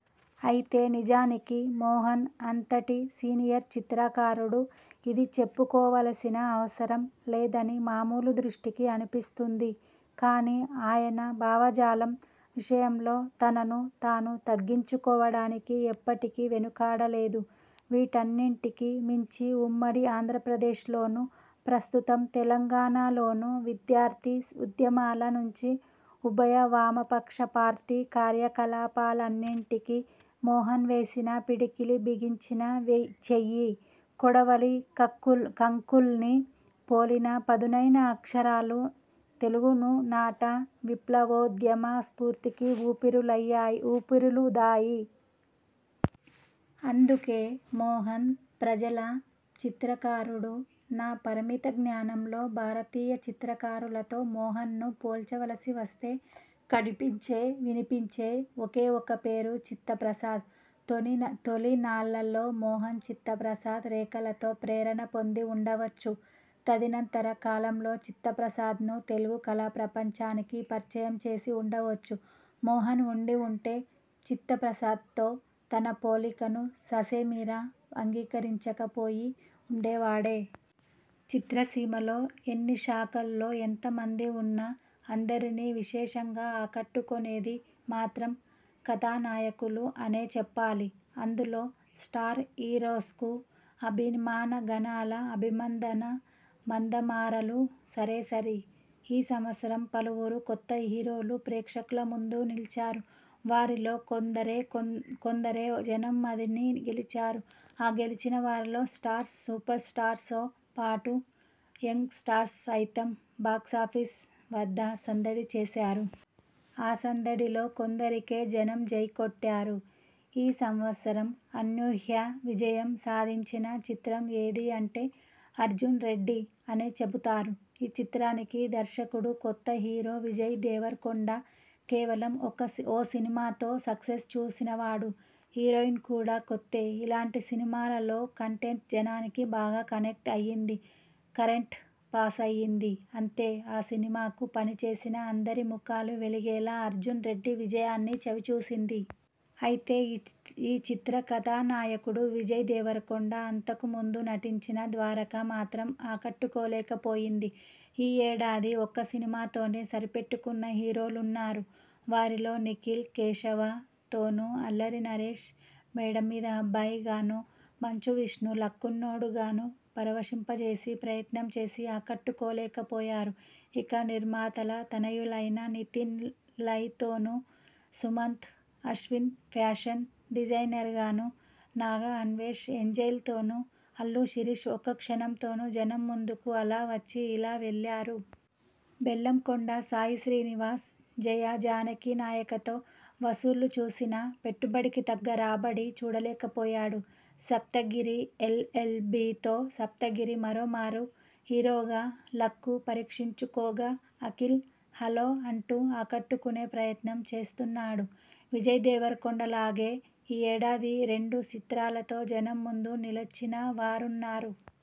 అయితే నిజానికి మోహన్ అంతటి సీనియర్ చిత్రకారుడు ఇది చెప్పుకోవలసిన అవసరం లేదని మామూలు దృష్టికి అనిపిస్తుంది కానీ, ఆయన భావజాలం విషయంలో తనను తాను తగ్గించుకోవడానికి ఎప్పటికీ వెనుకాడలేదు. వీటన్నింటికీ మించి ఉమ్మడి ఆంధ్రప్రదేశ్లోనూ, ప్రస్తుతం తెలంగాణలోనూ విద్యార్థి ఉద్యమాల నుంచి, ఉభయ వామపక్ష పార్టీ కార్యకలాపాలన్నింటికీ మోహన్ వేసిన పిడికిలి బిగించిన చెయ్యి, కొడవలి కక్కుల్ని పోలిన పదునైన అక్షరాలు తెలుగునాట విప్లవోద్యమ స్ఫూర్తికి ఊపిరులూదాయి. అందుకే మోహన్ ప్రజల చిత్రకారుడు. నా పరిమిత జ్ఞానంలో భారతీయ చిత్రకారులతో మోహన్ను పోల్చవలసి వస్తే కనిపించే, వినిపించే ఒకే ఒక పేరు చిత్త ప్రసాద్. తొలినాళ్లలో మోహన్ చిత్తప్రసాద్ రేఖలతో ప్రేరణ పొంది వుండవచ్చు, తదనంతర కాలంలో చిత్తప్రసాద్ను తెలుగు కళా ప్రపంచానికి పరిచయం చేసి వుండవచ్చు, మోహన్ వుండి వుంటే చిత్తప్రసాద్తో తన పోలికను ససేమిరా అంగీకరించకపోయి వుండేవాడే! చిత్రసీమలో ఎన్ని శాఖల్లో ఎంతమంది ఉన్నా, అందరినీ విశేషంగా ఆకట్టుకొనేది మాత్రం కథానాయకులు అనే చెప్పాలి. అందులో స్టార్ హీరోస్కు అభిమానగణాల అభిమందన మందమారలు సరేసరి. ఈ సంవత్సరం పలువురు కొత్త హీరోలు ప్రేక్షకుల ముందు నిలిచారు. వారిలో కొందరే జనం మదిని గెలిచారు. ఆ గెలిచిన వారిలో స్టార్స్, సూపర్ స్టార్సో పాటు యంగ్ స్టార్స్ సైతం బాక్సాఫీస్ వద్ద సందడి చేశారు. ఆ సందడిలో కొందరికే జనం జై కొట్టారు. ఈ సంవత్సరం అనూహ్య విజయం సాధించిన చిత్రం ఏది అంటే 'అర్జున్ రెడ్డి' అనే చెబుతారు. ఈ చిత్రానికి దర్శకుడు కొత్త, హీరో విజయ్ దేవరకొండ కేవలం ఓ సినిమాతో సక్సెస్ చూసినవాడు, హీరోయిన్ కూడా కొత్తే- ఇలాంటి సినిమాలలో కంటెంట్ జనానికి బాగా కనెక్ట్ అయింది- కరెంట్ పాస్ అయింది- అంతే ఆ సినిమాకు పనిచేసిన అందరి ముఖాలు వెలిగేలా 'అర్జున్ రెడ్డి' విజయాన్ని చవిచూసింది. అయితే ఈ చిత్ర కథానాయకుడు విజయ్ దేవరకొండ అంతకుముందు నటించిన 'ద్వారక' మాత్రం ఆకట్టుకోలేకపోయింది. ఈ యేడాది ఒక్క సినిమాతోనే సరిపెట్టుకున్న హీరోలున్నారు. వారిలో నిఖిల్ 'కేశవ'తోనూ, అల్లరినరేశ్ 'మేడమీద అబ్బాయి'గానూ, మంచు విష్ణు 'లక్కున్నోడు'గానూ పరవశింప చేసే ప్రయత్నం చేసి ఆకట్టుకోలేకపోయారు. ఇక నిర్మాతల తనయులైన నితిన్ 'లై'తోనూ, సుమంత్ అశ్విన్ 'ఫ్యాషన్ డిజైనర్'గానూ, నాగ అన్వేష్ 'ఏంజెల్'తోనూ, అల్లు శిరీష్ 'ఒక్క క్షణం'తోనూ జనం ముందుకు అలా వచ్చి ఇలా వెళ్ళారు. బెల్లంకొండ సాయిశ్రీనివాస్ 'జయ జానకి నాయక'తో వసూళ్ళు చూసినా, పెట్టుబడికి తగ్గ రాబడి చూడలేకపోయాడు. 'సప్తగిరి ఎల్. ఎల్. బి'తో సప్తగిరి మరోమారు హీరోగా లక్కు పరీక్షించుకుకోగా అఖిల్ 'హలో' అంటూ ఆకట్టుకొనే ప్రయత్నం చేస్తున్నాడు. విజయ్ దేవరకొండలాగే ఈ ఏడాది రెండు చిత్రాలతో జనం ముందు నిలచినవారున్నారు.